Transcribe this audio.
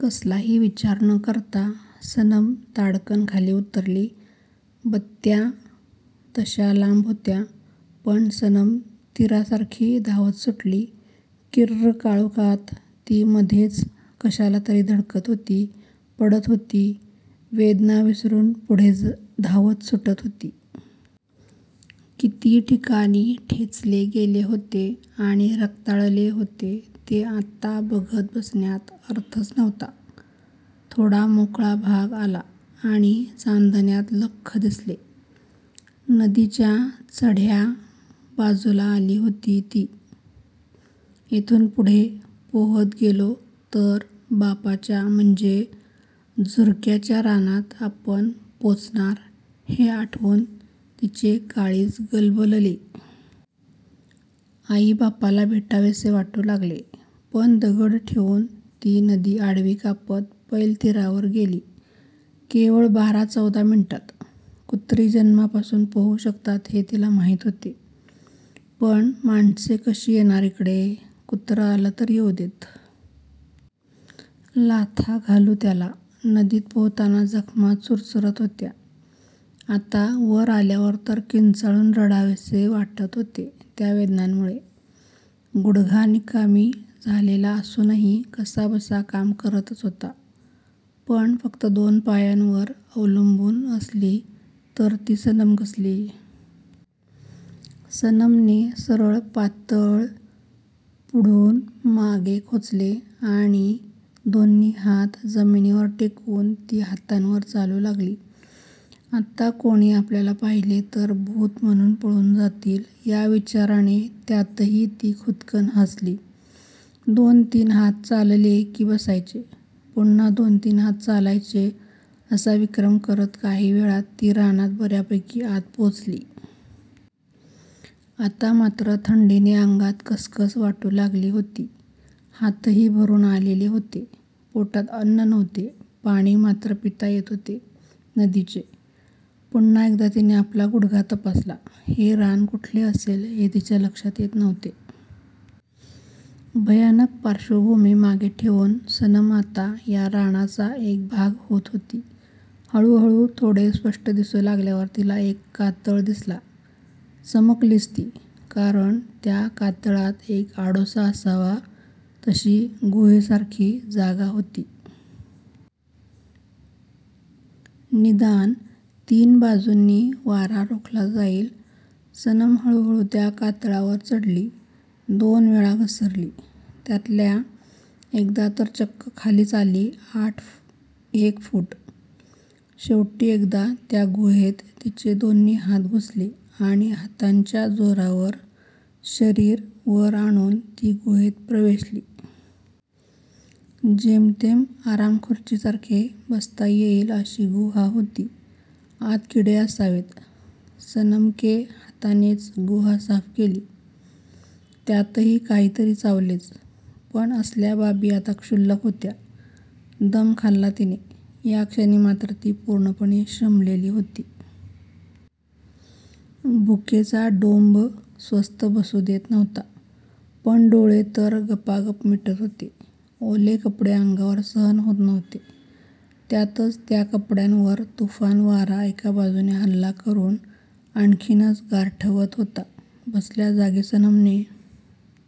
कसलाही विचार न करता सनम ताडकन खाली उतरली. बत्त्या तश्या लांब होत्या. पण सनम तीरासारखी धावत सुटली. किर्र काळोखात ती मधेच कशाला तरी धडकत होती, पडत होती, वेदना विसरून पुढे धावत सुटत होती. किती ठिकाणी ठेचले गेले होते आणि रक्ताळले होते ते आत्ता बघत बसण्यात अर्थच नव्हता. थोडा मोकळा भाग आला आणि चांदण्यात लख्ख दिसले. नदीच्या चढ्या बाजूला आली होती ती. येथून पुढे पोहत गेलो तर बापाच्या म्हणजे झुर्क्याच्या रानात आपण पोचणार हे आठवून तिचे काळीज गलबलले. आई बापाला भेटावेसे वाटू लागले. पण दगड ठेवून ती नदी आडवी कापत पैलतीरावर गेली. केवळ बारा चौदा मिनिटांत! कुत्री जन्मापासून पोहू शकतात हे तिला माहीत होते. पण माणसे कशी येणार इकडे? कुत्रं आलं तर येऊदेत! लाथा घालू त्याला. नदीत पोहताना जखमा चुरचुरत होत्या. आता वर आल्यावर तर किंचाळून रडावेसे वाटत होते त्या वेदनांमुळे! गुडघा निकामी झालेला असूनही कसाबसा काम करतच होता. पण फक्त दोन पायांवर अवलंबून असली तर ती सनम कसली? सनमने सरळ पातळ पुढून मागे खोचले आणि दोन्ही हात जमीनीवर टेकवून ती हातांवर चालू लागली. आत्ता कोणी आपल्याला पाहिले तर भूत म्हणून पळून जातील या विचाराने त्यातही ती खुदकन हासली. दोन तीन हात चालले की बसायचे, पुन्हा दोन तीन हात चालायचे असा विक्रम करत काही वेळात ती रानात बर्यापैकी आत पोचली. आता मात्र थंडीने अंगात कसकस वाटू लागली होती. हातही भरून आलेले होते. पोटात अन्न नव्हते. पाणी मात्र पिता येत होते नदीचे. पुन्हा एकदा तिने आपला गुडघा तपासला. हे रान कुठले असेल हे तिच्या लक्षात येत नव्हते. भयानक पार्श्वभूमी मागे ठेवून सनम आता या रानाचा एक भाग होत होती. हळूहळू थोडे स्पष्ट दिसू लागल्यावर तिला एक कातळ दिसला. चमकलीच ती! कारण त्या कातळात एक आडोसा असावा तशी गुहेसारखी जागा होती. निदान तीन बाजूंनी वारा रोखला जाईल. सनम हळूहळू त्या कातळावर चढली. दोन वेळा घसरली. त्यातल्या एकदा तर चक्क खालीच आली आठ एक फूट! शेवटी एकदा त्या गुहेत तिचे दोन्ही हात घुसले आणि हातांच्या जोरावर शरीर वर आणून ती गुहेत प्रवेशली. जेमतेम आरामखुर्चीसारखे बसता येईल अशी गुहा होती. आत किडे असावेत. सनमके हातानेच गुहा साफ केली. त्यातही काहीतरी चावलेच. पण असल्या बाबी आता क्षुल्लक होत्या. दम खाल्ला तिने! या क्षणी मात्र ती पूर्णपणे श्रमलेली होती. भूकेचा डोंब स्वस्थ बसू देत नव्हता. पण डोळे तर गपागप मिटत होते. ओले कपडे अंगावर सहन होत नव्हते. त्यातच त्या कपड्यांवर तुफान वारा एका बाजूने हल्ला करून आणखीनच गारठवत होता. बसल्या जागी सनमने